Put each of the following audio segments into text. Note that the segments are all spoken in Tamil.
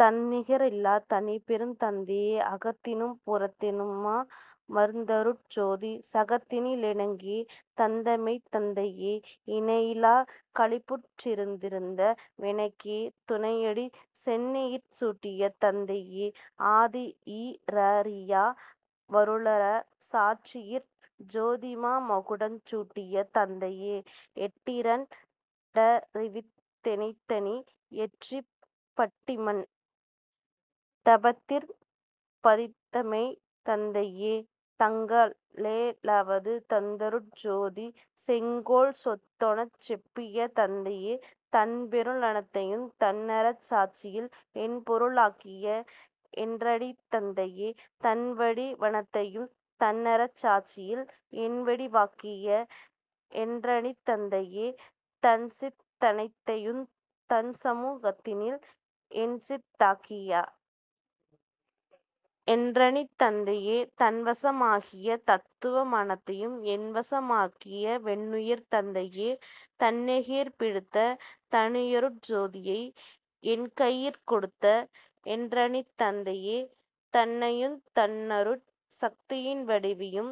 தன்னிக ரில்லாத் தனிப்பெருந் தந்தையே அகத்தினும் புறத்தினு மமர்ந்தருட் ஜோதி சகத்தினி லெனக்கே தந்தமெய்த் தந்தையே இணையிலாக் களிப்புற் றிருந்திட வெனக்கே துணயடி சென்னியிற் சூட்டிய தந்தையே ஆதியீ றறியா வருளர சாட்சியிற் ஜோதிமா மகுடஞ் சூட்டிய தந்தையே எட்டிரண் டறிவித் தெனைத்தனி யேற்றிப் பட்டிமண் டபத்திற் பதித்தமெய்த் தந்தையே தங்கே லாவது தந்தருட் ஜோதிச் செங்கோல் சொத்தெனச் செப்பிய தந்தையே தன்பொரு ளனைத்தையுந் தன்னர சாட்சியில் என்பொரு ளாக்கிய என்றனித் தந்தையே தன்வடி வனைத்தையுந் தன்னர சாட்சியில் என்வடி வாக்கிய என்றனித் தந்தையே தன்சித் தனைத்தையுந் தன்சமு கத்தினில் என்சித் தாக்கிய என்றனித் தந்தையே தன்வச மாகிய தத்துவ மனைத்தையும் என்வச மாக்கிய வென்னுயிர்த் தந்தையே தன்கையிற் பிடித்த தனியருட் ஜோதியை என்கையிற் கொடுத்த என்றனித் தந்தையே தன்னையுந் தன்னருட் சத்தியின் வடிவையும்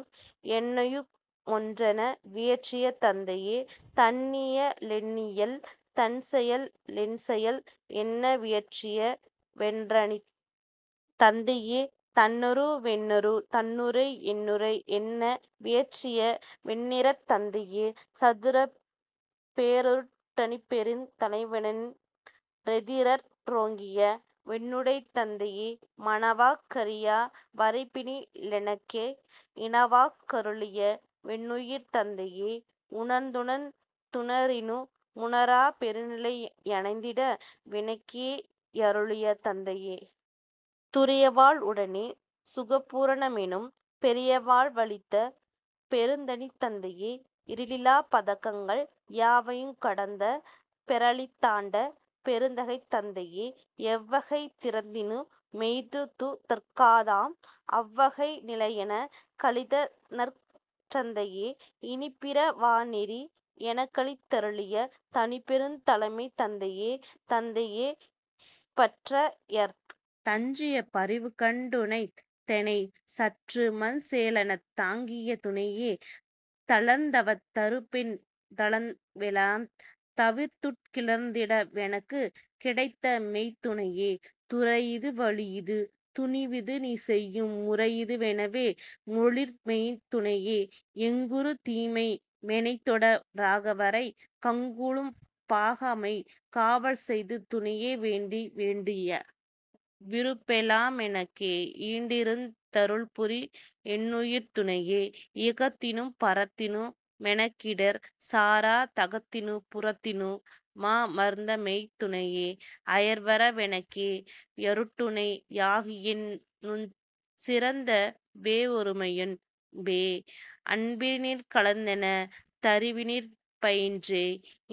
என்னையு மொன்றென வியற்றிய தந்தையே தன்னிய லென்னியல் தன்செய லென்செயல் என்ன வியற்றிய வென்றனித் தந்தையே தன்னுரு வென்னுரு தன்னுரை யென்னுரை என்ன வியற்றிய வென்றனித் தந்தையே சதுரப் பேரருட் டனிப்பெருந் தலைவனென் றெதிரற் றோங்கிய வென்னுடைத் தந்தையே மனவாக் கறியா வரைப்பினி லெனக்கே இனவாக் கருளிய வென்னுயிர்த் தந்தையே உணர்ந்துணர்ந் துணரினு முணராப் பெருநிலை யணைந்திட வெனக்கே யருளிய தந்தையே துரியவாழ் வுடனே சுகபூ ரணமெனும் பெரியவாழ் வளித்த பெருந்தனித் தந்தையே இறிலாப் பதங்கள் யாவையுங் கடந்த பேறளித் தாண்ட பெருந்தகைத் தந்தையே எவ்வகைத் திறத்தினு மெய்துதற் காதாம் அவ்வகை நிலையெனக் களித்தநற் றந்தையே இனிப்பிற வாநெறி யெனக்களித் தருளிய தனிப்பெருந் தலைமைத் தந்தையே தந்தையே பற்றயர்ந் தஞ்சிய பரிவுகண்ட ணைந்தெனைச் சற்றுமஞ் சேலெனத் தாங்கிய துணையே தளர்ந்தவத் தருணமென் றளர்வெலாந் தவிர்த்துட் கிளர்ந்திட வெனக்குக் கிடைத்தமெய்த் துணையே துறையிது வழியிது துணிவிது நீசெயும் முறையிது வெனவே மொழிந்தமெய்த் துணையே எங்குறு தீமையு மெனைத்தொட ராகவரை கங்குலும் பகாமெய்க் காவல்செய் துணையே வேண்டிய வேண்டுய விருப்பெலா மெனக்கே யீண்டிருந் தருள்புரி யென்னுயிர்த் துணையே இகத்தினும் பரத்தினு மெனக்கிடர் சாரா தகத்தினும் புறத்தினு மமர்ந்தமெய்த் துணையே அயர்வற வெனக்கே யருட்டுணை யாகியென் னுயினுஞ் சிறந்த வொருமையென் னட்பே அன்பினிற் கலந்தென தறிவினிற் பயின்றே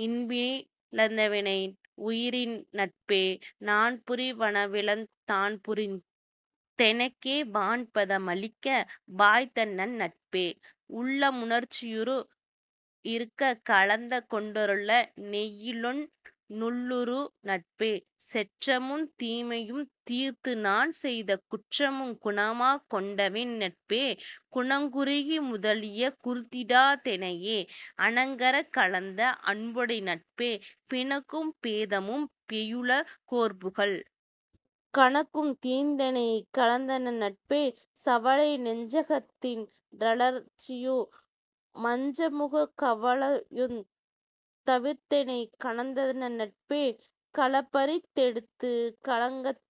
இன்பினி லளைந்தவென் னின்னுயிர் நட்பே நான்புரி வனவெலாந் தான்புரிந் தெனக்கே வான்பத மளிக்க வாய்த்தநன் னட்பே உள்ளமு முணர்ச்சியு முயிருங் கலந்துகொண் டெள்ளுறு நெய்யிலென் னுள்ளுறு நட்பே செற்றமுந் தீமையுந் தீர்த்துநான் செய்த குற்றமுங் குணமாக் கொண்டவென் னட்பே குணங்குறி முதலிய குறித்திடா தெனையே அணங்கறக் கலந்த அன்புடை நட்பே பிணக்கும் பேதமும் பேயுல கோர்புகல் கணக்குந் தீர்த்தெனைக் கலந்தநன் னட்பே சவலைநெஞ் சகத்தின் றளர்ச்சியு மச்சமு கவலையுந் தவிர்த்தெனைக் கலந்தநன் னட்பே களப்பறிந் தெடுத்துக் கலக்கந்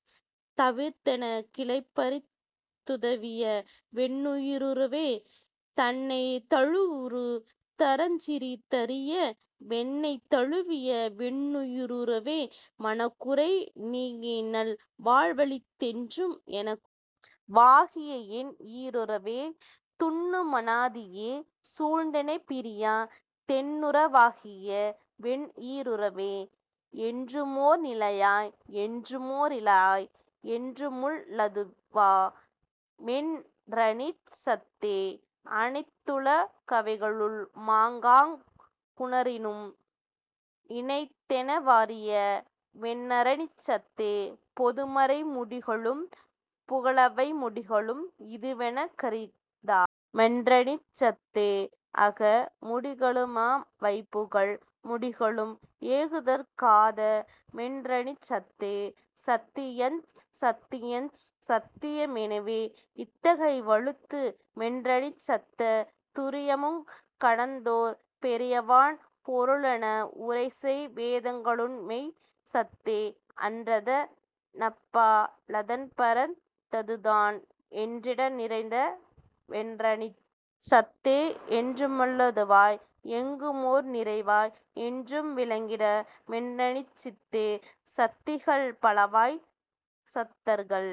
தவிர்த்தெனக் கிளைப்பறிந் துதவிய வென்னுயி ருறவே தன்னைத் தழுவுறு தரஞ்சிறி தறியா வென்னைத் தழுவிய வென்னுயி ருறவே மனக்குறை நீக்கிநல் வாழ்வளித் தென்றும் எனக்குற வாகிய என்னுயி ருறவே துன்னு மனாதியே சூழ்ந்தெனைப் பிரியா தென்னுற வாகிய வென்னுயி ருறவே என்றுமோர் நிலையாய் என்றுமோ ரியலாய் என்றுமுள் ளதுவா மென்றனிச் சத்தே அனைத்துல கவைகளு மாங்காங் குணரினும் இனைத்தென வறியா வென்றனிச் சத்தே பொதுமறை முடிகளும் புகலவை முடிகளும் இதுவெனக் கரிதா மென்றனிச் சத்தே அக முடிகளு மவைபுகல் முடிகளும் ஏகுதற் காதா மென்றனிச் சத்தே சத்தியஞ் சத்தியஞ் சத்திய மெனவே இத்தகை வழுத்து மென்றனிச் சத்தே துரியமுங் கடந்ததோர் பெரியவான் பொருளென உரைசெய் வேதங்க ளுன்னுமெய்ச் சத்தே அன்றத னப்பா லதன்பரத் ததுதான் என்றிட நிறைந்த வென்றனிச் சத்தே என்றுமுள் ளதுவாய் எங்குமோர் நிறைவாய் என்றும் விளங்கிடு மென்றனிச் சித்தே சத்திகள் பலவாய்த் சத்தர்கள்